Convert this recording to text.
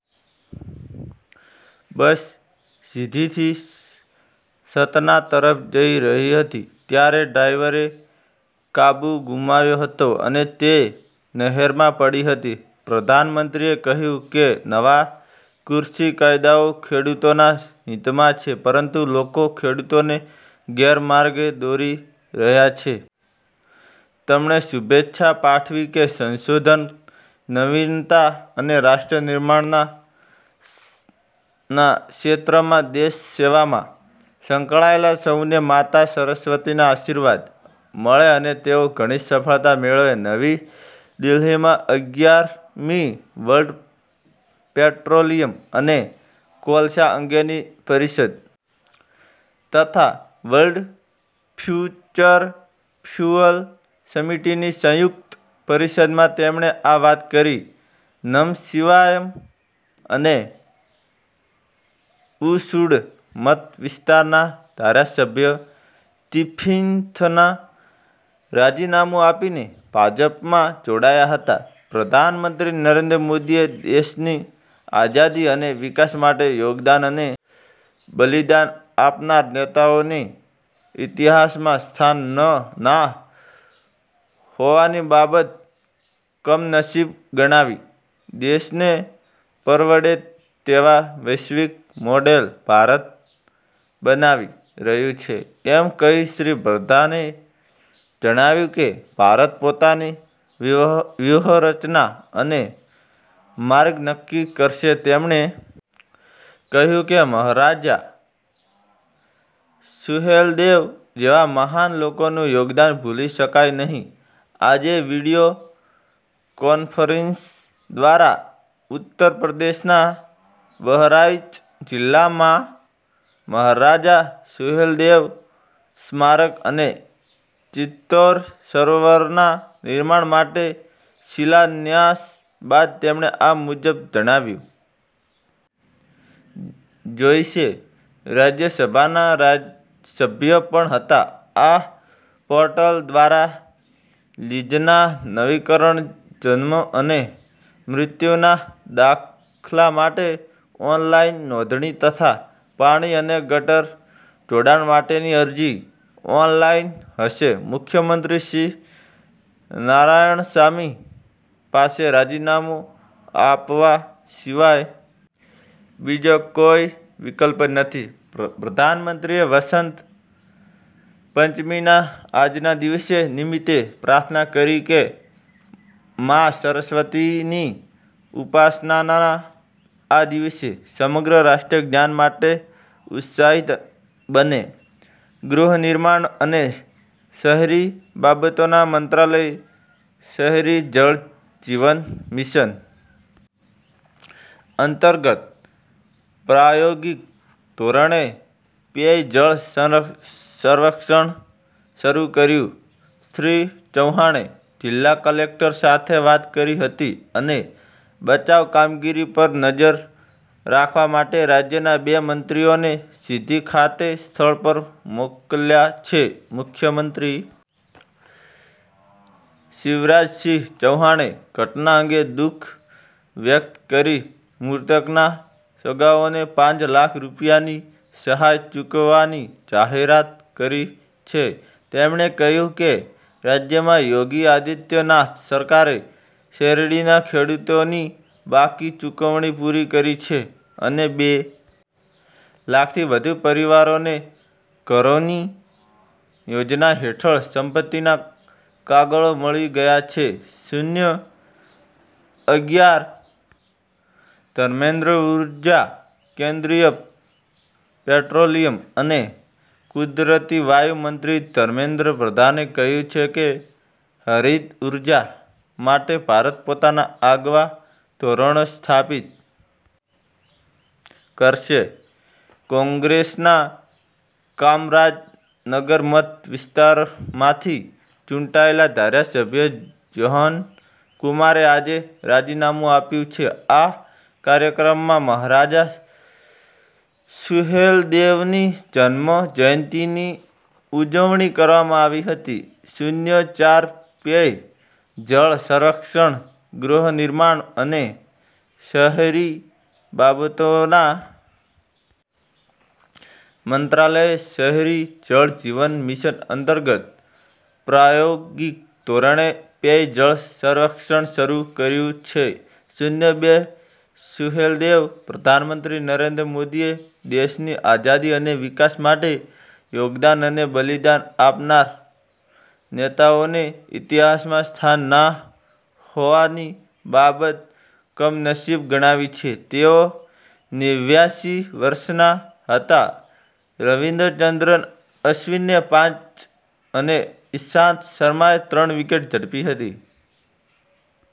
બસ સીધીથી સતના તરફ જઇ રહી હતી ત્યારે ડ્રાઇવરે કાબૂ ગુમાવ્યો હતો અને તે નહેરમાં પડી હતી પ્રધાનમંત્રીએ કહ્યું કે નવા કૃષિ કાયદાઓ ખેડૂતોના હિતમાં છે પરંતુ લોકો ખેડુતોને ગેરમાર્ગે દોરી રહ્યા છે તમણે શુભેચ્છા પાઠવી કે સંશોધન નવીનતા અને રાષ્ટ્ર નિર્માણના ક્ષેત્રમાં દેશ સેવામાં સંકળાયેલા સૌને માતા સરસ્વતીના આશીર્વાદ મળે અને તેઓ ઘણી સફળતા મેળવે નવી દિલ્હીમાં અગિયાર મી વર્લ્ડ પેટ્રોલીયમ અને કોલસા અંગેની પરિષદ તથા વર્લ્ડ ફ્યુચર ફ્યુઅલ સમિટની સંયુક્ત પરિષદમાં તેમણે આ વાત કરી નમસિવાયમ અને ઊસુડ મત વિસ્તારના ધારાસભ્ય થીપિંથન રાજીનામું આપીને ભાજપમાં જોડાયા હતા પ્રધાનમંત્રી નરેન્દ્ર મોદીએ દેશની આઝાદી અને વિકાસ માટે યોગદાન અને બલિદાન આપનાર નેતાઓને ઇતિહાસમાં સ્થાન ના હોવાની બાબત કમનસીબ ગણાવી દેશને પરવડે તેવા વૈશ્વિક મોડેલ ભારત બનાવી રહ્યું છે એમ કહી શ્રી પ્રધાને જણાવ્યું કે ભારત પોતાની વ્યુહરચના અને માર્ગ નક્કી કરશે તેમણે કહ્યું કે મહારાજા સુહેલદેવ જેવા મહાન લોકોનું યોગદાન ભૂલી શકાય નહીં આજે વીડિયો કોન્ફરન્સિંગ દ્વારા ઉત્તર પ્રદેશના બહરાઇચ જિલ્લામાં મહારાજા સુહેલદેવ સ્મારક અને ચિત્તૌરા સરોવરના નિર્માણ માટે શિલાન્યાસ બાદ તેમણે આ મુજબ જણાવ્યું જોઇસે રાજ્યસભાના સભ્ય પણ હતા આ પોર્ટલ દ્વારા લીઝના નવીકરણ જન્મ અને મૃત્યુના દાખલા માટે ઓનલાઇન નોંધણી તથા પાણી અને ગટર જોડાણ માટેની અરજી ઓનલાઇન હશે મુખ્યમંત્રી શ્રી નારાયણસામી પાસે રાજીનામું આપવા સિવાય બીજો કોઈ વિકલ્પ નથી પ્રધાનમંત્રીએ વસંત પંચમીના આજના દિવસ નિમિત્તે પ્રાર્થના કરી કે મા સરસ્વતિની ઉપાસનાના આ દિવસે સમગ્ર રાષ્ટ્ર જ્ઞાન માટે ઉત્સાહિત બને ગૃહનિર્માણ અને શહેરી બાબતોના મંત્રાલયે શહેરી જળ જીવન મિશન અંતર્ગત પ્રાયોગિક ધોરણે પેય જળ સર્વેક્ષણ શરૂ કર્યું શ્રી ચૌહાણે જિલ્લા કલેકટર સાથે વાત કરી હતી અને બચાવ કામગીરી પર નજર રાખવા માટે રાજ્યના બે મંત્રીઓને સિધી ખાતે સ્થળ પર મોકલ્યા છે મુખ્યમંત્રી શિવરાજસિંહ ચૌહાણે ઘટના અંગે દુખ વ્યક્ત કરી મૃતકના સગાઓને પાંચ લાખ રૂપિયાની સહાય ચૂકવવાની જાહેરાત કરી છે તેમણે કહ્યું કે રાજ્યમાં યોગી આદિત્યનાથ સરકારે શેરડીના ખેડુતોની બાકી ચૂકવણી પૂરી કરી છે અને બે લાખથી વધુ પરિવારોને ઘરૌની યોજના હેઠળ સંપત્તિના કાગળો મળી ગયા છે શૂન્ય અગિયાર ધર્મેન્દ્રઉર્જા કેન્દ્રીય પેટ્રોલિયમ અને કુદરતી વાયુ મંત્રી ધર્મેન્દ્ર પ્રધાને કહ્યું છે કે હરિત ઉર્જા માટે ભારત પોતાના આગવાં ધોરણો સ્થાપિત કરશે કોંગ્રેસના કામરાજ નગર મત વિસ્તારમાંથી ચૂંટાયેલા ધારાસભ્ય જહોન કુમારે આજે રાજીનામું આપ્યું છે આ કાર્યક્રમમાં મહારાજા સુહેલદેવની જન્મ જયંતિની ઉજવણી કરવામાં આવી હતી શૂન્ય ચાર પેય જળ સર્વેક્ષણ ગૃહનિર્માણ અને શહેરી બાબતોના મંત્રાલયે શહેરી જળ જીવન મિશન અંતર્ગત પ્રાયોગિક ધોરણે પેય જળ સર્વેક્ષણ શરૂ કર્યું છે શૂન્ય બે સુહેલદેવ પ્રધાનમંત્રી નરેન્દ્ર મોદીએ દેશની આઝાદી અને વિકાસ માટે યોગદાન અને બલિદાન આપનાર નેતાઓને ઇતિહાસમાં સ્થાન ના હોવાની બાબત કમનસીબ ગણાવી છે તેઓ નેવ્યાસી વર્ષના હતા રવિચંદ્રન અશ્વિને પાંચ અને ઇશાંત શર્માએ ત્રણ વિકેટ ઝડપી હતી।